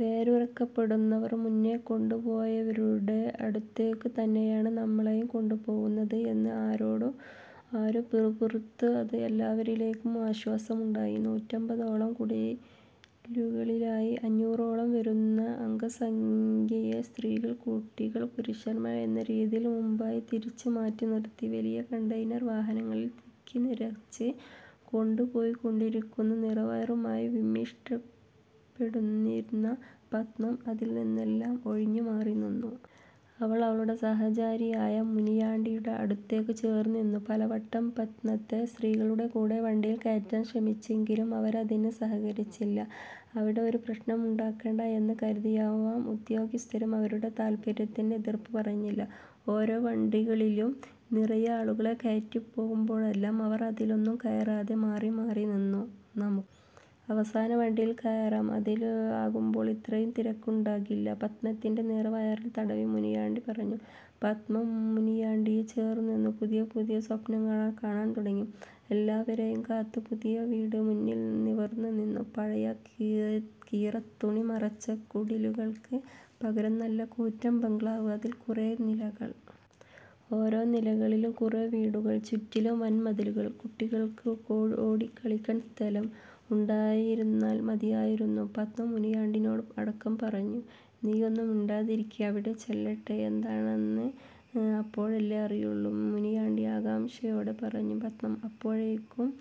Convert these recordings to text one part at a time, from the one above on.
വേരറുക്കപ്പെടുന്നവർ, മുന്നേ കൊണ്ടുപോയവരുടെ അടുത്തേക്കു തന്നെയാണ് നമ്മളെയും കൊണ്ടുപോകുന്നത് എന്ന് ആരോടോ ആരോ പിറുപിറുത്തു. അത് എല്ലാവരിലും ആശ്വാസമുണ്ടാക്കി. നൂറ്റമ്പതോളം കുടിലുകളിലായി അഞ്ഞൂറോളം വരുന്ന അംഗസംഖ്യയെ സ്ത്രീകൾ, കുട്ടികൾ, പുരുഷന്മാർ എന്ന രീതിയിൽ മുന്നായി തിരിച്ച് മാറ്റിനിർത്തി വലിയ കണ്ടെയ്നർ വാഹനങ്ങളിൽ തിക്കിനിറച്ച് കൊണ്ടുപോയിക്കൊണ്ടിരുന്നു. നിറവയറുമായി വിമ്മിഷ്ടപ്പെട്ടുനിന്നിരുന്ന പത്മം അതിൽ നിന്നെല്ലാം ഒഴിഞ്ഞുമാറിനിന്നു. അവൾ അവളുടെ സഹചാരിയായ മുനിയാണ്ടിയുടെ അടുത്തേക്കു ചേർന്നുനിന്നു. പലവട്ടം പത്മത്തെ സ്ത്രീകളുടെ കൂടെ വണ്ടിയിൽ കയറ്റാൻ ശ്രമിച്ചെങ്കിലും അവരതിന് സഹകരിച്ചില്ല. അവിടെ ഒരു പ്രശ്നമുണ്ടാക്കേണ്ട എന്ന് കരുതിയാവാം ഉദ്യോഗസ്ഥരും അവരുടെ താൽപര്യത്തിന് എതിർപ്പു പറഞ്ഞില്ല. ഓരോ വണ്ടികളിലും നിറയെ ആളുകളെ കയറ്റിപ്പോകുമ്പോഴെല്ലാം അവർ അതിലൊന്നും കയറാതെ മാറിമാറിനിന്നു. നമുക്ക് അവസാനവണ്ടിയിൽ കയറാം. അതിലാകുമ്പോൾ ഇത്രയും തിരക്കുണ്ടാകില്ല. പത്മത്തിൻ്റെ നിറവയറിൽ തടവി മുനിയാണ്ടി പറഞ്ഞു. പത്മം മുനിയാണ്ടിയെ ചേർന്നുനിന്ന് പുതിയ പുതിയ സ്വപ്നങ്ങൾ കാണാൻ തുടങ്ങി. എല്ലാവരെയും കാത്ത് പുതിയ വീട് മുന്നിൽ നിവർന്നുനിന്നു. പഴയ കീറത്തുണി മറച്ച കുടിലുകൾക്ക് പകരം നല്ല കൂറ്റൻ ബംഗ്ലാവ്. അതിൽ കുറേ നിലകൾ. ഓരോ നിലകളിലും കുറേ വീടുകൾ. ചുറ്റിലും വൻമതിലുകൾ. കുട്ടികൾക്ക് ഓടിക്കളിക്കാൻ സ്ഥലം ഉണ്ടായിരുന്നാൽ മതിയായിരുന്നു. പത്മം മുനിയാണ്ടിയോട് അടക്കം പറഞ്ഞു. നീയൊന്നു മിണ്ടാതിരിക്ക്. അവിടെ ചെല്ലട്ടെ. എന്താണെന്ന് അപ്പോഴല്ലേ അറിയുള്ളൂ. മുനിയാണ്ടി ആകാംക്ഷയോടെ പറഞ്ഞു. പത്മം അപ്പോഴും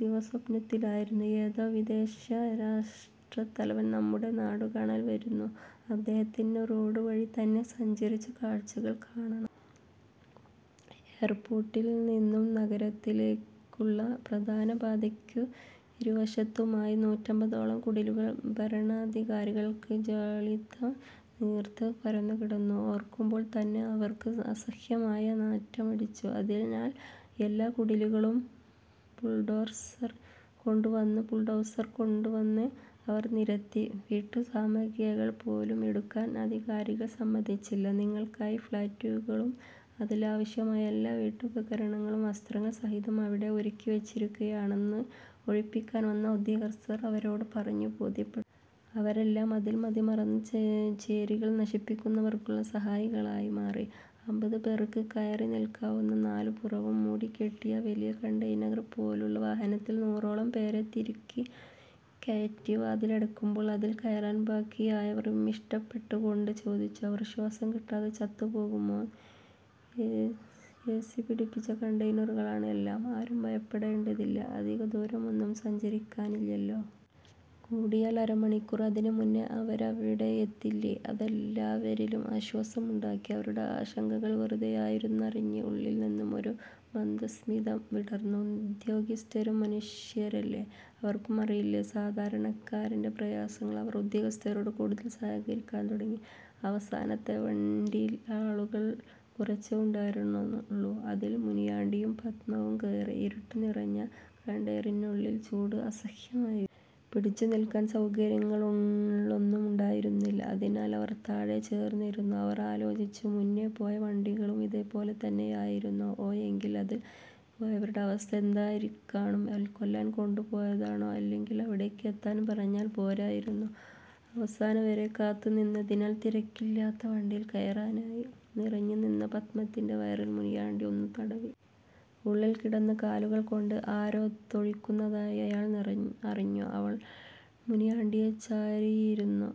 ദിവാസ്വപ്നത്തിലായിരുന്നു. ഏതോ വിദേശ രാഷ്ട്രത്തലവൻ നമ്മുടെ നാടുകാണാൻ വരുന്നു. അദ്ദേഹത്തിന് റോഡുവഴി തന്നെ സഞ്ചരിച്ച് കാഴ്ചകൾ കാണണം. എയർപോർട്ടിൽനിന്നും നഗരത്തിലേക്കുള്ള പ്രധാനപാതയ്ക്കിരുവശത്തുമായി നൂറ്റമ്പതോളം കുടിലുകൾ ഭരണാധികാരികൾക്ക് ജാള്യത തീർത്ത് പരന്നുകിടന്നു. ഓർക്കുമ്പോൾതന്നെ അവർക്ക് അസഹ്യമായ നാറ്റമടിച്ചു. അതിനാൽ എല്ലാ കുടിലുകളും ബുൾഡോസർ കൊണ്ടുവന്ന് അവർ നിരത്തി. വീട്ടുസാമഗ്രികൾ പോലും എടുക്കാൻ അധികാരികൾ സമ്മതിച്ചില്ല. നിങ്ങൾക്കായി ഫ്ലാറ്റുകളും അതിൽ ആവശ്യമായ എല്ലാ വീട്ടുപകരണങ്ങളും വസ്ത്രങ്ങൾ സഹിതം അവിടെ ഒരുക്കിവെച്ചിരിക്കുകയാണെന്ന് ഒഴിപ്പിക്കാൻ വന്ന ഉദ്യോഗസ്ഥർ അവരോടു പറഞ്ഞ് ബോധ്യപ്പെടു. അവരെല്ലാം അതിൽ മതിമറന്ന് ചേരികൾ നശിപ്പിക്കുന്നവർക്കുള്ള സഹായികളായി മാറി. അമ്പതുപേർക്ക് കയറിനിൽക്കാവുന്ന നാലുപുറവും മൂടിക്കെട്ടിയ വലിയ കണ്ടെയ്നർ പോലുള്ള വാഹനത്തിൽ നൂറോളം പേരെ തിരുകിക്കയറ്റി വാതിലടയ്ക്കുമ്പോൾ അതിൽ കയറാൻ ബാക്കിയായവർ വിമ്മിഷ്ടപ്പെട്ടുകൊണ്ട് ചോദിച്ചു. അവർ ശ്വാസം കിട്ടാതെ ചത്തുപോകുമോ. എസി പിടിപ്പിച്ച കണ്ടെയ്നറുകളാണ് എല്ലാം. ആരും ഭയപ്പെടേണ്ടതില്ല. അധികദൂരമൊന്നും സഞ്ചരിക്കാനില്ലല്ലോ. കൂടിയാൽ അര മണിക്കൂർ. അതിനുമുന്നേ അവരവിടെയെത്തില്ലേ. അതെല്ലാവരിലും ആശ്വാസമുണ്ടാക്കി. അവരുടെ ആശങ്കകൾ വെറുതെയായിരുന്നെന്നറിഞ്ഞ് ഉള്ളിൽനിന്നും ഒരു മന്ദസ്മിതം വിടർന്നു. ഉദ്യോഗസ്ഥന്മാരും മനുഷ്യന്മാരല്ലേ. അവർക്കുമറിയില്ലേ സാധാരണക്കാരൻ്റെ പ്രയാസങ്ങൾ. അവർ ഉദ്യോഗസ്ഥരോട് കൂടുതൽ സഹകരിക്കാൻ തുടങ്ങി. അവസാനത്തെ വണ്ടിയിൽ ആളുകൾ കുറച്ചേ ഉണ്ടായിരുന്നുള്ളൂ. അതിൽ മുനിയാണ്ടിയും പത്മവും കയറി. ഇരുട്ടുനിറഞ്ഞ കണ്ടെയ്നറിനുള്ളിൽ ചൂട് അസഹ്യമായി. പിടിച്ചുനിൽക്കാൻ സൗകര്യങ്ങളൊന്നുമുണ്ടായിരുന്നില്ല. അതിനാൽ അവർ താഴെ ചേർന്നിരുന്നു. അവർ ആലോചിച്ചു. മുന്നേ പോയ വണ്ടികളും ഇതുപോലെത്തന്നെയായിരുന്നോ. ഓ, എങ്കിൽ അതിൽ കയറിപ്പോയവരുടെ അവസ്ഥ എന്തായിക്കാണും. കൊല്ലാൻ കൊണ്ടുപോയതാണോ. അല്ലെങ്കിൽ അവിടേക്ക് എത്താൻ പറഞ്ഞാൽ പോരായിരുന്നോ. അവസാനം വരെ കാത്തുനിന്നതിനാൽ തിരക്കില്ലാത്ത വണ്ടിയിൽ കയറാനായി. നിറഞ്ഞുനിന്ന പത്മത്തിൻ്റെ വയറിൽ മുനിയാണ്ടി ഒന്നു തടവി. ഉള്ളിൽ കിടന്ന് കാലുകൊണ്ട് ആരോ തൊഴിക്കുന്നതായി അയാൾ അറിഞ്ഞു. അവൾ മുനിയാണ്ടിയെ ചാരിയിരുന്നു.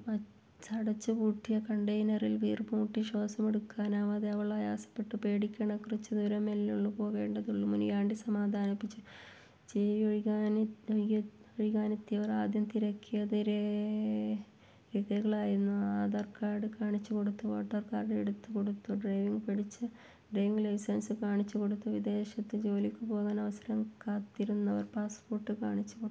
അടച്ചുപൂട്ടിയ കണ്ടെയ്നറിൽ വീർപ്പുമുട്ടി ശ്വാസമെടുക്കാനാവാതെ അവൾ ആയാസപ്പെട്ടു. പേടിക്കേണ്ട, കുറച്ചുദൂരമല്ലേ പോകേണ്ടതുള്ളൂ. മുനിയാണ്ടി സമാധാനിപ്പിച്ചു. ചേരി ഒഴിക്കാനെത്തിയവർ ആദ്യം തിരക്കിയത് രേഖകളായിരുന്നു. ആധാർ കാർഡ് കാണിച്ചുകൊടുത്തു. വോട്ടർ കാർഡ് എടുത്തുകൊടുത്തു. ഡ്രൈവിങ് പഠിച്ചവർ ഡ്രൈവിങ് ലൈസൻസ് കാണിച്ചുകൊടുത്തു. വിദേശത്ത് ജോലിക്ക് പോകാൻ അവസരം കാത്തിരുന്നവർ പാസ്‌പോർട്ട് കാണിച്ചുകൊടുത്തു.